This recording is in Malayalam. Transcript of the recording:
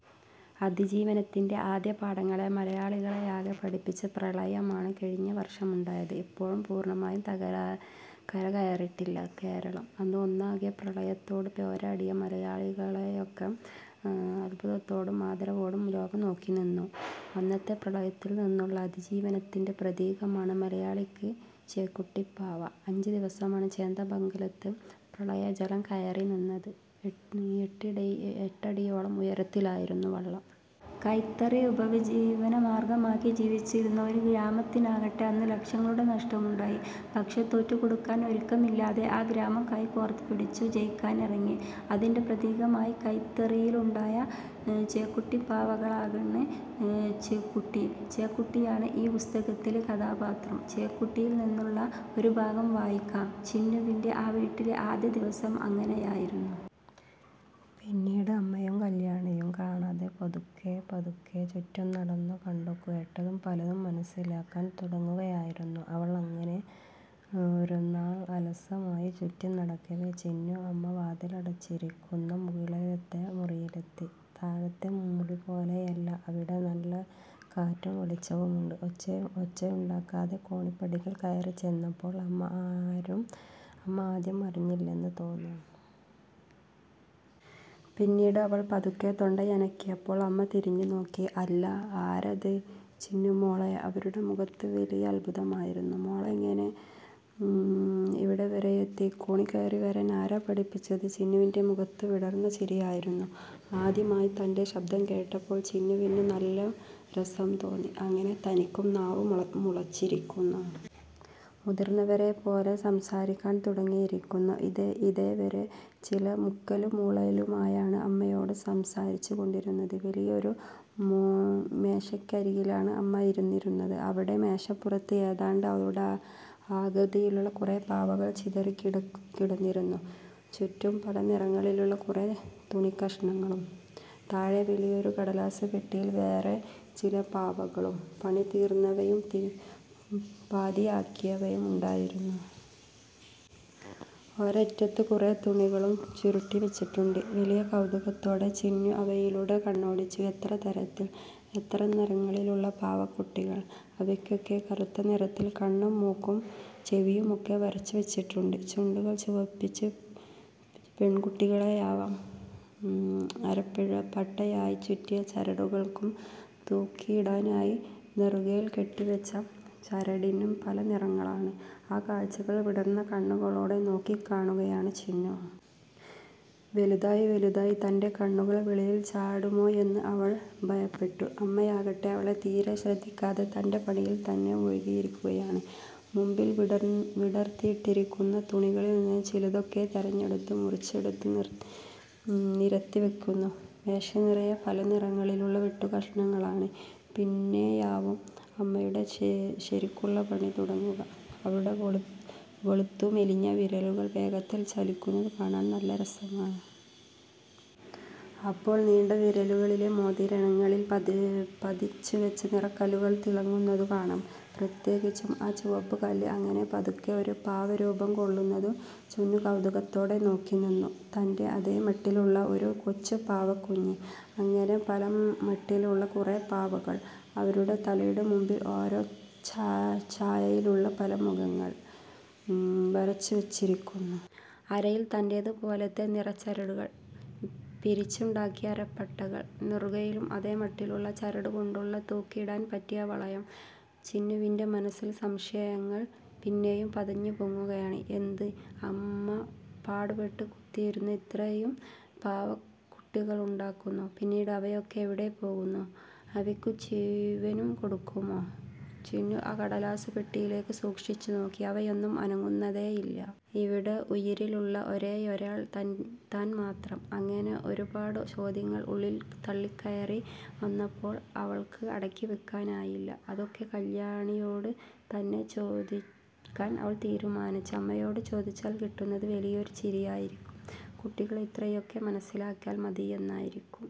അതിജീവനത്തിൻറെ ആദ്യപാഠങ്ങളെ മലയാളികളെയാകെ പഠിപ്പിച്ച പ്രളയമാണ് കഴിഞ്ഞ വർഷമുണ്ടായത്. ഇപ്പോഴും പൂർണമായി കരകയറിയിട്ടില്ല കേരളം. അന്ന് ഒന്നാകെ നിന്ന് പ്രളയത്തോട് പോരാടിയ മലയാളികളെയാകെ അത്ഭുതത്തോടും ആദരവോടും ലോകം നോക്കിനിന്നു. അന്നത്തെ പ്രളയത്തിൽ നിന്നുള്ള അതിജീവനത്തിൻറെ പ്രതീകമാണ് മലയാളിക്ക് ചേക്കുട്ടിപ്പാവ. അഞ്ച് ദിവസമാണ് ചേന്ദമംഗലത്ത് പ്രളയജലം കയറിനിന്നത്. എട്ടടിയോളം ഉയരത്തിലായിരുന്നു വെള്ളം. കൈത്തറി ഉപജീവനമാർഗമാക്കി ജീവിച്ചിരുന്ന ഒരു ഗ്രാമത്തിനാകെ അന്ന് ലക്ഷങ്ങളുടെ നഷ്ടമുണ്ടായി. പക്ഷേ തോറ്റുകൊടുക്കാൻ ഒരുക്കമില്ലാതെ ആ ഗ്രാമം കൈകോർത്തുപിടിച്ച് ജയിക്കാനിറങ്ങി. അതിൻറെ പ്രതീകമായി കൈത്തറിയിലുണ്ടായ ചേക്കുട്ടിപ്പാവകളാണ് ചേക്കുട്ടി. ചേക്കുട്ടിയാണ് ഈ പുസ്തകത്തിലെ കേന്ദ്രകഥാപാത്രം. ചേക്കുട്ടിയിൽ നിന്നുള്ള ഒരു ഭാഗം വായിക്കാം. ചിന്നുവിൻറെ ആ വീട്ടിലെ ആദ്യത്തെ ദിവസം അങ്ങനെയായിരുന്നു. പിന്നീട് അമ്മയും കല്യാണിയും കാണാതെ പതുക്കെപ്പതുക്കെ ചുറ്റും നടന്നും കണ്ടും കേട്ടും പലതും മനസ്സിലാക്കാൻ തുടങ്ങുകയായിരുന്നു അവൾ. അങ്ങനെ ഒരുനാൾ അലസമായി ചുറ്റിനടക്കവേ ചിന്നു അമ്മ വാതിലടച്ചിരിക്കുന്ന മുകളിലത്തെ മുറിയിലെത്തി. താഴത്തെ മുറിപോലെയല്ല. അവിടെ നല്ല കാറ്റും വെളിച്ചവുമുണ്ട്. ഒച്ച ഒച്ചയുണ്ടാക്കാതെ കോണിപ്പടികൾ കയറിച്ചെന്നപ്പോൾ അമ്മ ആദ്യം അറിഞ്ഞില്ലെന്ന് തോന്നി. പിന്നീട് അവൾ പതുക്കെ തൊണ്ടയനക്കിയപ്പോൾ അമ്മ തിരിഞ്ഞുനോക്കി. അല്ലാ, ആരാത്? ചിന്നുമോളോ? അവരുടെ മുഖത്ത് വലിയ അത്ഭുതമായിരുന്നു. മോളെങ്ങനെ ഇവിടം വരെയെത്തി? കോണി കയറി വരാൻ ആരാ പഠിപ്പിച്ചത്? ചിന്നുവിൻറെ മുഖത്ത് വിടർന്ന ചിരിയായിരുന്നു. ആദ്യമായി തൻറെ ശബ്ദം കേട്ടപ്പോൾ ചിന്നുവിനും നല്ല രസം തോന്നി. അങ്ങനെ തനിക്കും നാവ് മുള മുളച്ചിരിക്കുന്നു. മുതിർന്നവരെപ്പോലെ സംസാരിക്കാൻ തുടങ്ങിയിരിക്കുന്നു. ഇതേവരെ ചില മുക്കലും മൂളലുമായാണ് അമ്മയോട് സംസാരിച്ചുകൊണ്ടിരുന്നത്. വലിയൊരു മേശയ്ക്കരികിലാണ് അമ്മ ഇരുന്നിരുന്നത്. അവിടെ മേശപ്പുറത്ത് ഏതാണ്ട് അവളുടെ ആകൃതിയിലുള്ള കുറെ പാവകൾ ചിതറിക്കിടന്നിരുന്നു. ചുറ്റും പല നിറങ്ങളിലുള്ള കുറെ തുണിക്കഷണങ്ങളും. താഴെ വലിയൊരു കടലാസുപെട്ടിയിൽ വേറേ ചില പാവകളും, പണി തീർന്നവയും പാതിയാക്കിയവയും ഉണ്ടായിരുന്നു. ഒരറ്റത്ത് കുറെ തുണികളും ചുരുട്ടിവച്ചിട്ടുണ്ട്. വലിയ കൗതുകത്തോടെ ചിന്നു അവയിലൂടെ കണ്ണോടിച്ചു. എത്ര തരത്തിൽ, എത്ര നിറങ്ങളിലുള്ള പാവക്കുട്ടികൾ. അവയ്ക്കൊക്കെ കറുത്ത നിറത്തിൽ കണ്ണും മൂക്കും ചെവിയുമൊക്കെ വരച്ചുവച്ചിട്ടുണ്ട്. ചുണ്ടുകൾ ചുവപ്പിച്ചവ പെൺകുട്ടികളാവാം. അരപ്പട്ടയായി ചുറ്റിയ ചരടുകൾക്കും തൂക്കിയിടാനായി നെറുകയിൽ കെട്ടിവച്ച ചരടിനും പല നിറങ്ങളാണ്.ആ കാഴ്ചകൾ വിടർന്ന കണ്ണുകളോടെ നോക്കിക്കാണുകയാണ് ചിന്നു. വലുതായി വലുതായി തൻറെ കണ്ണുകൾ വെളിയിൽ ചാടുമോയെന്ന് അവൾ ഭയപ്പെട്ടു. അമ്മയാകട്ടെ അവളെ തീരെ ശ്രദ്ധിക്കാതെ തൻറെ പണിയിൽത്തന്നെ മുഴുകിയിരിക്കുകയാണ്. മുമ്പിൽ വിടർത്തിയിട്ടിരിക്കുന്ന തുണികളിൽനിന്ന് ചിലതൊക്കെ തെരഞ്ഞെടുത്ത് മുറിച്ചെടുത്ത് നിരത്തിവയ്ക്കുന്നു. മേശ നിറയെ പല നിറങ്ങളിലുള്ള വെട്ടുകഷണങ്ങളാണ്. പിന്നെയാവും അമ്മയുടെ ശരിക്കുള്ള പണി തുടങ്ങുക. അവരുടെ വെളുത്തു മെലിഞ്ഞ വിരലുകൾ വേഗത്തിൽ ചലിക്കുന്നതു കാണാൻ നല്ല രസമാണ്. അപ്പോൾ ആ നീണ്ട വിരലുകളിലെ മോതിരങ്ങളിൽ പതിച്ചുവച്ച നിറക്കല്ലുകൾ തിളങ്ങുന്നതു കാണാം. പ്രത്യേകിച്ചും ആ ചുവപ്പുകല്ല്. അങ്ങനെ പതുക്കെ ഒരു പാവ രൂപംകൊള്ളുന്നത് ചിന്നു കൗതുകത്തോടെ നോക്കിനിന്നു. തൻറെ അതേ മട്ടിലുള്ള ഒരു കൊച്ചു പാവക്കുഞ്ഞ്. അങ്ങനെ പലമട്ടിലുള്ള കുറേ പാവകൾ. അവരുടെ തലയുടെ മുമ്പിൽ ഓരോ ഛായയിലുള്ള പല മുഖങ്ങൾ വരച്ചുവച്ചിരിക്കുന്നു. അരയിൽ തന്റേതുപോലത്തെ നിറച്ചരടുകൾ പിരിച്ചുണ്ടാക്കിയ അരപ്പട്ടകൾ. നെറുകയിലും അതേ മട്ടിലുള്ള ചരടുകൊണ്ടുള്ള തൂക്കിയിടാൻ പറ്റിയ വളയം. ചിന്നുവിൻറെ മനസ്സിൽ സംശയങ്ങൾ പിന്നെയും പതഞ്ഞുപൊങ്ങുകയാണ്. എന്തിന് അമ്മ പാടുപെട്ട് കുത്തിയിരുന്ന് ഇത്രയും പാവക്കുട്ടികളുണ്ടാക്കുന്നു? പിന്നീട് അവയൊക്കെ എവിടെപ്പോകുന്നു? അവയ്ക്കും ജീവൻ കൊടുക്കുമോ? ചിന്നു ആ കടലാസുപെട്ടിയിലേക്ക് സൂക്ഷിച്ചുനോക്കി. അവയൊന്നും അനങ്ങുന്നതേയില്ല. ഇവിടെ ഉയിരുള്ള ഒരേയൊരാൾ തൻ താൻ മാത്രം. അങ്ങനെ ഒരുപാട് ചോദ്യങ്ങൾ ഉള്ളിൽ തള്ളിക്കയറി വന്നപ്പോൾ അവൾക്ക് അടക്കിവയ്ക്കാനായില്ല. അതൊക്കെ കല്യാണിയോടുതന്നെ ചോദിക്കാൻ അവൾ തീരുമാനിച്ചു. അമ്മയോട് ചോദിച്ചാൽ കിട്ടുന്നത് വലിയൊരു ചിരിയായിരിക്കും. കുട്ടികൾ ഇത്രയൊക്കെ മനസ്സിലാക്കിയാൽ മതിയെന്നായിരിക്കും.